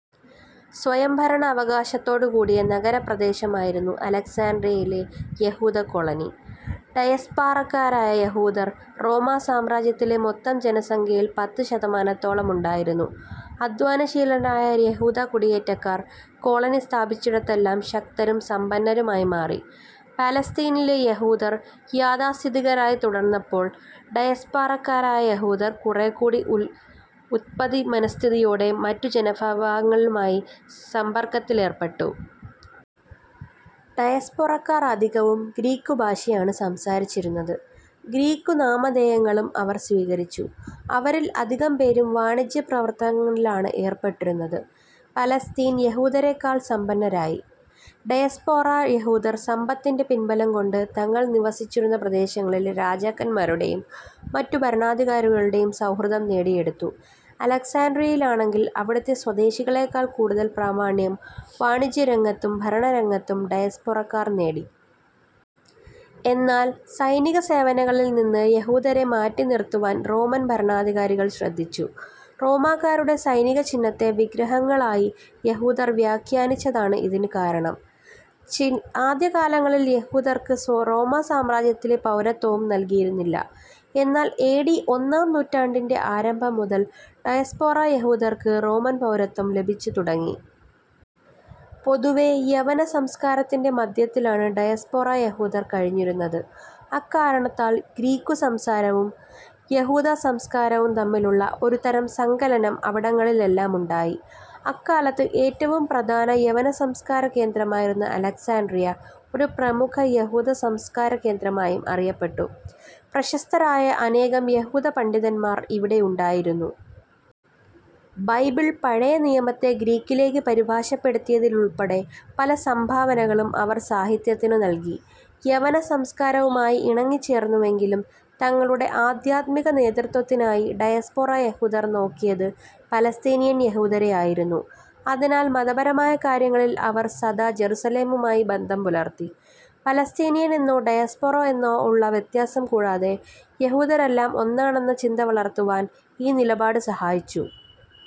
സ്വയംഭരണാവകാശത്തോടുകൂടിയ നഗരപ്രദേശമായിരുന്നു അലക്സാൻഡ്രിയയിലെ യഹൂദ കോളനി. ഡയസ്പൊറക്കാരായ യഹൂദർ റോമാ സാമ്രാജ്യത്തിലെ മൊത്തം ജനസംഖ്യയിൽ പത്തുശതമാനത്തോളം ഉണ്ടായിരുന്നു. അധ്വാനശീലരായ യഹൂദ കുടിയേറ്റക്കാർ കോളനി സ്ഥാപിച്ചിടത്തെല്ലാം ശക്തരും സമ്പന്നരും ആയി മാറി. പാലസ്തീനിലെ യഹൂദർ യാഥാസ്ഥിതികരായി തുടർന്നപ്പോൾ ഡയസ്പൊറക്കാരായ യഹൂദർ കുറേക്കൂടി ഉത്പതിഷ്ണമനസ്ഥിതിയോടെ മറ്റു ജനവിഭാഗങ്ങളുമായി സമ്പർക്കത്തിലേർപ്പെട്ടു. ഡയസ്പൊറക്കാർ അധികവും ഗ്രീക്കുഭാഷയാണു സംസാരിച്ചിരുന്നത്. ഗ്രീക്കു നാമധേയങ്ങളും അവർ സ്വീകരിച്ചു. അവരിൽ അധികംപേരും വാണിജ്യപ്രവർത്തനങ്ങളിലാണേർപ്പെട്ടിരുന്നത്. പലസ്തീൻ യഹൂദരെക്കാൾ സമ്പന്നരായി. ഡയസ്പൊറ യഹൂദർ സമ്പത്തിന്റെ പിൻബലം കൊണ്ട് തങ്ങൾ നിവസിച്ചിരുന്ന പ്രദേശങ്ങളിലെ രാജാക്കന്മാരുടേയും മറ്റു ഭരണാധികാരികളുടേയും സൗഹൃദം നേടിയെടുത്തു. അലക്സാൻഡ്രിയയിലാണെങ്കിൽ അവിടത്തെ സ്വദേശികളെക്കാൾ കൂടുതൽ പ്രാമാണ്യം വാണിജ്യരംഗത്തും ഭരണരംഗത്തും ഡയസ്പൊറക്കാർ നേടി. എന്നാൽ സൈനികസേവനത്തിൽ നിന്ന് യഹൂദരെ മാറ്റി നിർത്തുവാൻ റോമൻ ഭരണാധികാരികൾ ശ്രദ്ധിച്ചു. റോമാക്കാരുടെ സൈനിക ചിഹ്നത്തെ വിഗ്രഹങ്ങളായി യഹൂദർ വ്യാഖാനിച്ചതാണ് ഇതിനു കാരണം. ആദ്യകാലങ്ങളിൽ യഹൂദർക്ക് റോമാസാമ്രാജ്യത്തിലെ പൗരത്വവും നൽകിയിരുന്നില്ല. എന്നാൽ ഏ. ഡി. ഒന്നാം നൂറ്റാണ്ടിന്റെ ആരംഭം മുതൽ ഡയസ്പൊറ യഹൂദർക്ക് റോമൻ പൗരത്വം ലഭിച്ചു തുടങ്ങി. പൊതുവേ യവന സംസ്കാരത്തിന്റെ മധ്യത്തിലാണ് ഡയസ്പൊറ യഹൂദർ കഴിഞ്ഞിരുന്നത്. അക്കാരണത്താൽ ഗ്രീക്കു സംസ്കാരവും യഹൂദസംസ്കാരവും തമ്മിലുള്ള ഒരു തരം സങ്കലനം അവിടങ്ങളിലെല്ലാം ഉണ്ടായി. അക്കാലത്ത് ഏറ്റവും പ്രധാന യവന സംസ്കാര കേന്ദ്രമായിരുന്ന അലക്സാൻഡ്രിയ, ഒരു പ്രമുഖ യഹൂദ സംസ്കാര കേന്ദ്രമായും അറിയപ്പെട്ടു. പ്രശസ്തരായ അനേകം യഹൂദപണ്ഡിതന്മാർ ഇവിടെ ഉണ്ടായിരുന്നു. ബൈബിൾ പഴയ നിയമത്തെ ഗ്രീക്കിലേക്ക് പരിഭാഷപ്പെടുത്തിയതുൾപ്പെടെ പല സംഭാവനകളും അവർ സാഹിത്യത്തിനു നൽകി. യവന സംസ്കാരവുമായി ഇണങ്ങിച്ചേർന്നുവെങ്കിലും തങ്ങളുടെ ആധ്യാത്മിക നേതൃത്വത്തിനായി ഡയസ്പൊറ യഹൂദർ നോക്കിയത് പലസ്തീനിയൻ യഹൂദരെ ആയിരുന്നു. അതിനാൽ, മതപരമായ കാര്യങ്ങളിൽ അവർ സദാ ജെറുസലേമുമായി ബന്ധം പുലർത്തി. പലസ്തീനിയൻ എന്നോ ഡയസ്പൊറ എന്നോ ഉള്ള വ്യത്യാസം കൂടാതെ, യഹൂദരെല്ലാം ഒന്നാണെന്ന ചിന്ത വളർത്തുവാൻ ഈ നിലപാട് സഹായിച്ചു.